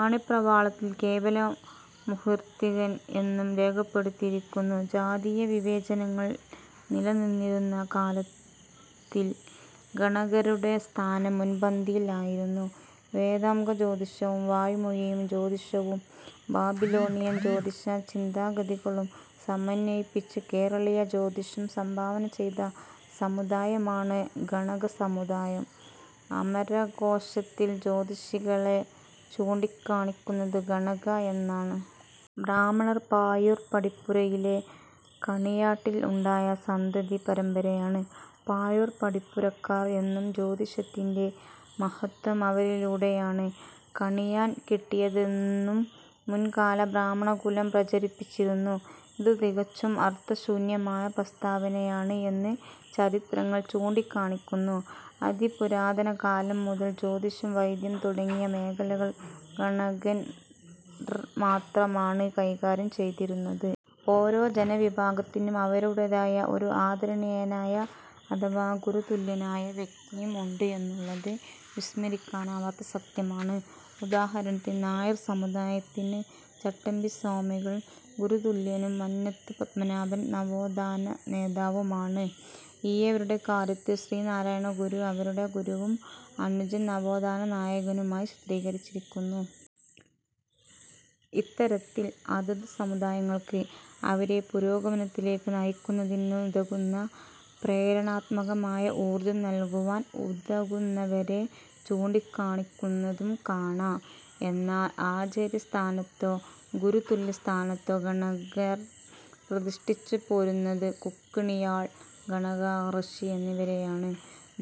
മണിപ്രവാളത്തിൽ കേവലം "മുഹിർത്തികൻ" എന്നും രേഖപ്പെടുത്തിയിരിക്കുന്നു. ജാതീയ വിവേചനങ്ങൾ നിലനിന്നിരുന്ന കാലത്തിൽ ഗണകരുടെ സ്ഥാനം മുൻപന്തിയിൽ ആയിരുന്നു. വേദാംഗ ജ്യോതിഷവും, വായ്മൊഴി ജ്യോതിഷവും, ബാബിലോണിയൻ ജ്യോതിഷ ചിന്താഗതികളും സമന്വയിപ്പിച്ചു കേരളീയ ജ്യോതിഷം സംഭാവന ചെയ്ത സമുദായമാണ് ഗണക സമുദായം. അമരകോശത്തിൽ ജ്യോതിഷികളെ ചൂണ്ടികാണിക്കുന്നത് ഗണകഃ എന്നാണ്. ബ്രാഹ്മണർ പാഴൂർ പടിപ്പുരയിലെ കണിയാട്ടിയിൽ ഉണ്ടായ സന്തതി പരമ്പരയാണ് പാഴൂർ പടിപ്പുരക്കാർ എന്നും ജ്യോതഷിത്തിന്റെ മഹത്ത്വം അവരിലൂടെയാണ് കണിയാന് കിട്ടിയതെന്നും മുൻകാല ബ്രാഹ്മണകുലം പ്രചരിപ്പിച്ചിരുന്നു. ഇത് തികച്ചും അർത്ഥശൂന്യമായ പ്രസ്താവനയാണ് എന്ന് ചരിത്രങ്ങൾ ചൂണ്ടികാണിയ്ക്കുന്നു. അതിപുരാതന കാലം മുതൽ, ജ്യോതിഷം, വൈദ്യം തുടങ്ങിയ മേഖലകൾ ഗണകർ മാത്രമാണ് കൈകാര്യം ചെയ്തിരുന്നത്. ഓരോ ജനവിഭാഗത്തിനും അവരുടേതായ ഒരു ആദരണീയനായ അഥവാ ഗുരുതുല്യനായ വ്യക്തിയും ഉണ്ട് എന്നുള്ളത് വിസ്മരിയ്ക്കാനാവാത്ത സത്യമാണ്. ഉദാഹരണത്തിന് നായർ സമുദായത്തിന് ചട്ടമ്പി സ്വാമികൾ ഗുരുതുല്യനും മന്നത്ത് പത്മനാഭൻ നവോത്ഥാന നേതാവും ആണ്. ഈഴവരുടെ കാര്യത്തിൽ ശ്രീനാരായണ ഗുരു അവരുടെ ഗുരുവും അനുജൻ നവോത്ഥാന നായകനുമായി ചിത്രീകരിച്ചിരിക്കുന്നു. ഇത്തരത്തിൽ അതതു സമുദായങ്ങൾക്ക് അവരെ പുരോഗമനത്തിലേക്ക് നയിക്കുന്നതിനുകതുന്ന പ്രേരണാത്മകമായ ഊർജ്ജം നല്കുവാൻ ഉതകുന്നവരെ ചൂണ്ടികാണിക്കുന്നതു കാണാം. എന്നാൽ ആചാര്യ സ്ഥാനത്തോ ഗുരുതുല്യ സ്ഥാനത്തോ ഗണകർ പ്രതിഷ്ഠിച്ചുപോരുന്നത് കുക്കണിയാൾ, ഗണക ഋഷി എന്നിവരെയാണ്.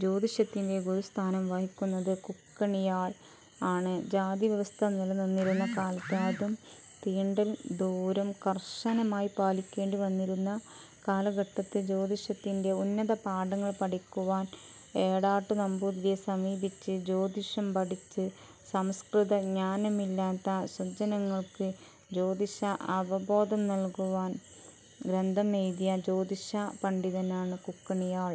ജ്യോതിഷത്തിന്റെ ഗുരുസ്ഥാനം വഹിക്കുന്നത് "കുക്കണിയാൾ" ആണ്. ജാതിവ്യവസ്ഥ നിലനിന്നിരുന്ന കാലത്ത്, അതും തീണ്ടൽ ദൂരം കർശനമായി പാലിക്കേണ്ടിവന്നിരുന്ന കാലഘട്ടത്ത് ജ്യോതിഷത്തിന്റെ ഉന്നത പാഠങ്ങൾ പഠിക്കുവാൻ എടാട്ടു നമ്പൂതിരിയെ സമീപിച്ച്, ജ്യോതിഷം പഠിച്ച്, സംസ്കൃത ജ്ഞാനമില്ലാത്ത സ്വജനങ്ങൾക്ക് ജ്യോതിഷ അവബോധം നല്കുവാൻ ഗ്രന്ഥം എഴുതിയ ജ്യോതഷ പണ്ഡിതനാണ് കുക്കണിയാൾ.